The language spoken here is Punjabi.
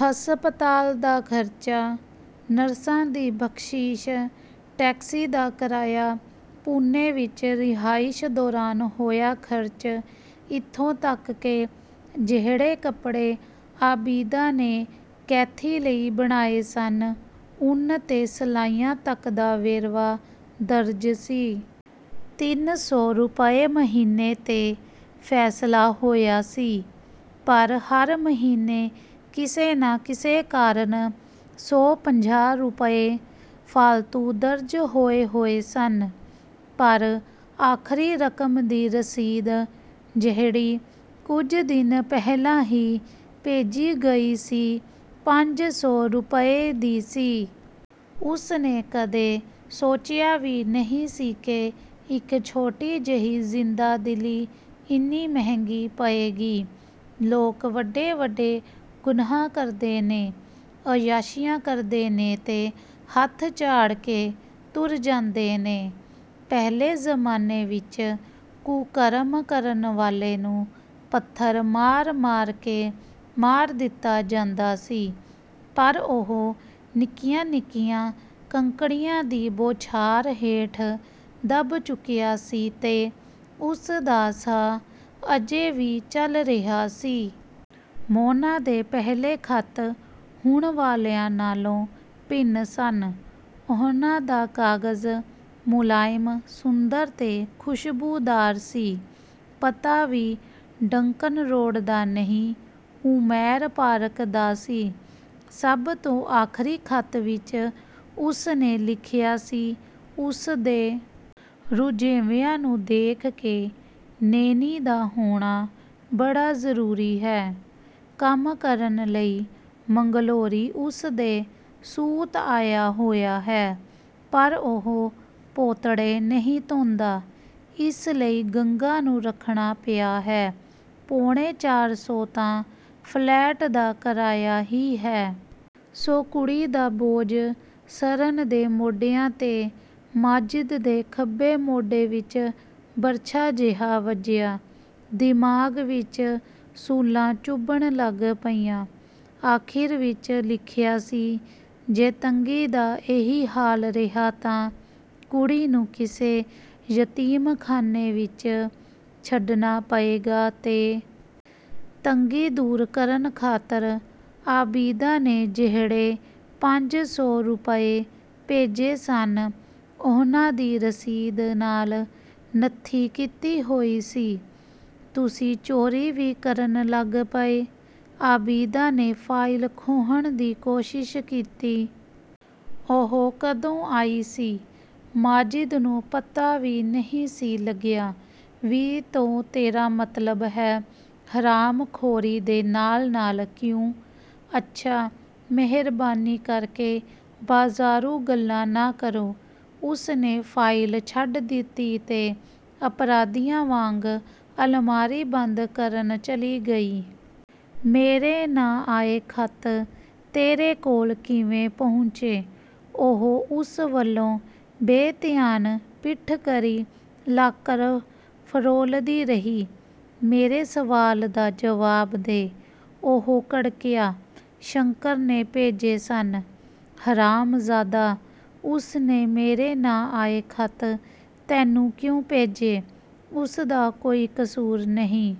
ਹਸਪਤਾਲ ਦਾ ਖਰਚਾ, ਨਰਸਾਂ ਦੀ ਬਖ਼ਸ਼ੀਸ਼, ਟੈਕਸੀ ਦਾ ਕਿਰਾਇਆ, ਪੂਨੇ ਵਿੱਚ ਰਹਾਇਸ਼ ਦੌਰਾਨ ਹੋਇਆ ਖਰਚ, ਇੱਥੋਂ ਤੱਕ ਕਿ ਜਿਹੜੇ ਕੱਪੜੇ ਆਬਿਦਾ ਨੇ ਕੈਥੀ ਲਈ ਬਣਾਏ ਸਨ, ਉੱਨ ਤੇ ਸਲਾਈਆਂ ਤੱਕ ਦਾ ਵੇਰਵਾ ਦਰਜ ਸੀ। ਤਿੰਨ ਸੌ ਰੁਪਏ ਮਹੀਨਾ 'ਤੇ ਫੈਸਲਾ ਹੋਇਆ ਸੀ, ਪਰ ਹਰ ਮਹੀਨੇ ਕਿਸੇ ਨਾ ਕਿਸੇ ਕਾਰਨ ਸੌ-ਪੰਜਾਹ ਰੁਪਏ ਫਾਲਤੂ ਦਰਜ ਹੋਏ-ਹੋਏ ਸਨ। ਪਰ ਆਖਰੀ ਰਕਮ ਦੀ ਰਸੀਦ, ਜਿਹੜੀ ਕੁਝ ਦਿਨ ਪਹਿਲਾਂ ਹੀ ਭੇਜੀ ਗਈ ਸੀ, ਪੰਜ ਸੌ ਰੁਪਏ ਦੀ ਸੀ। ਉਸਨੇ ਕਦੇ ਸੋਚਿਆ ਵੀ ਨਹੀਂ ਸੀ ਕਿ ਇੱਕ ਛੋਟੀ ਜਿਹੀ ਜ਼ਿੰਦਾਦਿਲੀ, ਇੰਨੀ ਮਹਿੰਗੀ ਪਏਗੀ। ਲੋਕ ਵੱਡੇ-ਵੱਡੇ ਗੁਨਾਹ ਕਰਦੇ ਨੇ, ਅਯਾਸ਼ੀਆਂ ਕਰਦੇ ਨੇ ਤੇ, ਹੱਥ ਝਾੜ ਕੇ ਤੁਰ ਜਾਂਦੇ ਨੇ। ਪਹਿਲੇ ਜ਼ਮਾਨੇ ਵਿੱਚ ਕੁਕਰਮ ਕਰਨ ਵਾਲੇ ਨੂੰ ਪੱਥਰ ਮਾਰ-ਮਾਰ ਕੇ ਮਾਰ ਦਿੱਤਾ ਜਾਂਦਾ ਸੀ, ਪਰ ਉਹ ਨਿੱਕੀਆਂ-ਨਿੱਕੀਆਂ ਕੰਕੜੀਆਂ ਦੀ ਬੌਛਾਰ ਹੇਠ ਦਬ ਚੁੱਕਿਆ ਸੀ ਤੇ ਉਸਦਾ ਸਾਹ ਅਜੇ ਵੀ ਚੱਲ ਰਿਹਾ ਸੀ। ਮੋਨਾ ਦੇ ਪਹਿਲੇ ਖ਼ਤ ਹੁਣ ਵਾਲਿਆਂ ਨਾਲੋਂ ਭਿੰਨ ਸਨ। ਉਹਨਾਂ ਦਾ ਕਾਗਜ਼ ਮੁਲਾਇਮ, ਸੁੰਦਰ ਤੇ ਖੁਸ਼ਬੂਦਾਰ ਸੀ। ਪਤਾ ਵੀ ਡੰਕਨ ਰੋਡ ਦਾ ਨਹੀਂ, ਉਮੈਰ ਪਾਰਕ ਦਾ ਸੀ। ਸਭ ਤੋਂ ਆਖਰੀ ਖ਼ਤ ਵਿੱਚ ਉਸਨੇ ਲਿਖਿਆ ਸੀ।"ਉਸਦੇ ਰੁਝੇਵਿਆਂ ਨੂੰ ਦੇਖ ਕੇ ਨੇਨੀ ਦਾ ਹੋਣਾ ਬੜਾ ਜ਼ਰੂਰੀ ਹੈ। ਕੰਮ ਕਰਨ ਲਈ ਮੰਗਲੋਰੀ ਉਸਦੇ ਸੂਤ ਆਇਆ ਹੋਇਆ ਹੈ, ਪਰ ਉਹ ਪੋਤੜੇ ਨਹੀਂ ਧੋਂਦਾ। ਇਸ ਲਈ ਗੰਗਾ ਨੂੰ ਰੱਖਣਾ ਪਿਆ ਹੈ। ਪੌਣੇ ਚਾਰ ਸੌ ਤਾਂ ਫਲੈਟ ਦਾ ਕਿਰਾਇਆ ਹੀ ਹੈ। ਸੋ ਕੁੜੀ ਦਾ ਬੋਝ ਸਰਨ ਦੇ ਮੋਢਿਆਂ 'ਤੇ" ਮਾਜਿਦ ਦੇ ਖੱਬੇ ਮੋਢੇ ਵਿੱਚ ਬਰਛਾ ਜਿਹਾ ਵੱਜਿਆ। ਦਿਮਾਗ਼ ਵਿੱਚ ਸੂਲਾਂ ਚੁਭਣ ਲੱਗ ਪਈਆਂ। ਆਖਿਰ ਵਿੱਚ ਲਿਖਿਆ ਸੀ। 'ਜੇ ਤੰਗੀ ਦਾ ਇਹੀ ਹਾਲ ਰਿਹਾ ਤਾਂ ਕੁੜੀ ਨੂੰ ਕਿਸੇ ਯਤੀਮਖਾਨੇ ਵਿੱਚ ਛੱਡਨਾ ਪਏਗਾ।'ਤੇ ਤੰਗੀ ਦੂਰ ਕਰਨ ਖਾਤਰ ਆਬਿਦਾ ਨੇ ਜਿਹੜੇ ਪੰਜ ਸੌ ਰੁਪਏ ਭੇਜੇ ਸਨ, ਉਹਨਾਂ ਦੀ ਰਸੀਦ ਨਾਲ ਨੱਥੀ ਕੀਤੀ ਹੋਈ ਸੀ। "ਤੁਸੀਂ ਚੋਰੀ ਵੀ ਕਰਨ ਲੱਗ ਪਏ?" ਆਬਿਦਾ ਨੇ ਫਾਈਲ ਖੋਹਣ ਦੀ ਕੋਸ਼ਿਸ਼ ਕੀਤੀ। ਉਹ ਕਦੋਂ ਆਈ ਸੀ, ਮਾਜਿਦ ਨੂੰ ਪਤਾ ਵੀ ਨਹੀਂ ਸੀ ਲੱਗਿਆ। "'ਵੀ' ਤੋਂ ਤੇਰਾ ਮਤਲਬ ਹੈ, ਹਰਾਮਖੋਰੀ ਦੇ ਨਾਲ-ਨਾਲ, ਕਿਉਂ?" "ਅੱਛਾ, ਮਿਹਰਬਾਨੀ ਕਰਕੇ ਬਾਜ਼ਾਰੂ ਗੱਲਾਂ ਨਾ ਕਰੋ।" ਉਸਨੇ ਫਾਈਲ ਛੱਡ ਦਿੱਤੀ ਤੇ ਅਪਰਾਧੀਆਂ ਵਾਂਗ ਅਲਮਾਰੀ ਬੰਦ ਕਰਨ ਚਲੀ ਗਈ। "ਮੇਰੇ ਨਾਂ ਆਏ ਖ਼ਤ ਤੇਰੇ ਕੋਲ ਕਿਵੇਂ ਪਹੁੰਚੇ?" ਉਹ ਉਸ ਵੱਲੋਂ ਬੇਧਿਆਨ, ਪਿੱਠ ਕਰੀ, ਲਾਕਰ ਫਰੋਲਦੀ ਰਹੀ। "ਮੇਰੇ ਸਵਾਲ ਦਾ ਜਵਾਬ ਦੇ," ਉਹ ਕੜਕਿਆ। "ਸ਼ੰਕਰ ਨੇ ਭੇਜੇ ਸਨ।" "ਹਰਾਮਜ਼ਾਦਾ, ਉਸਨੇ ਮੇਰੇ ਨਾਂ ਆਏ ਖ਼ਤ ਤੈਨੂੰ ਕਿਉਂ ਭੇਜੇ?" "ਉਸਦਾ ਕੋਈ ਕਸੂਰ ਨਹੀਂ।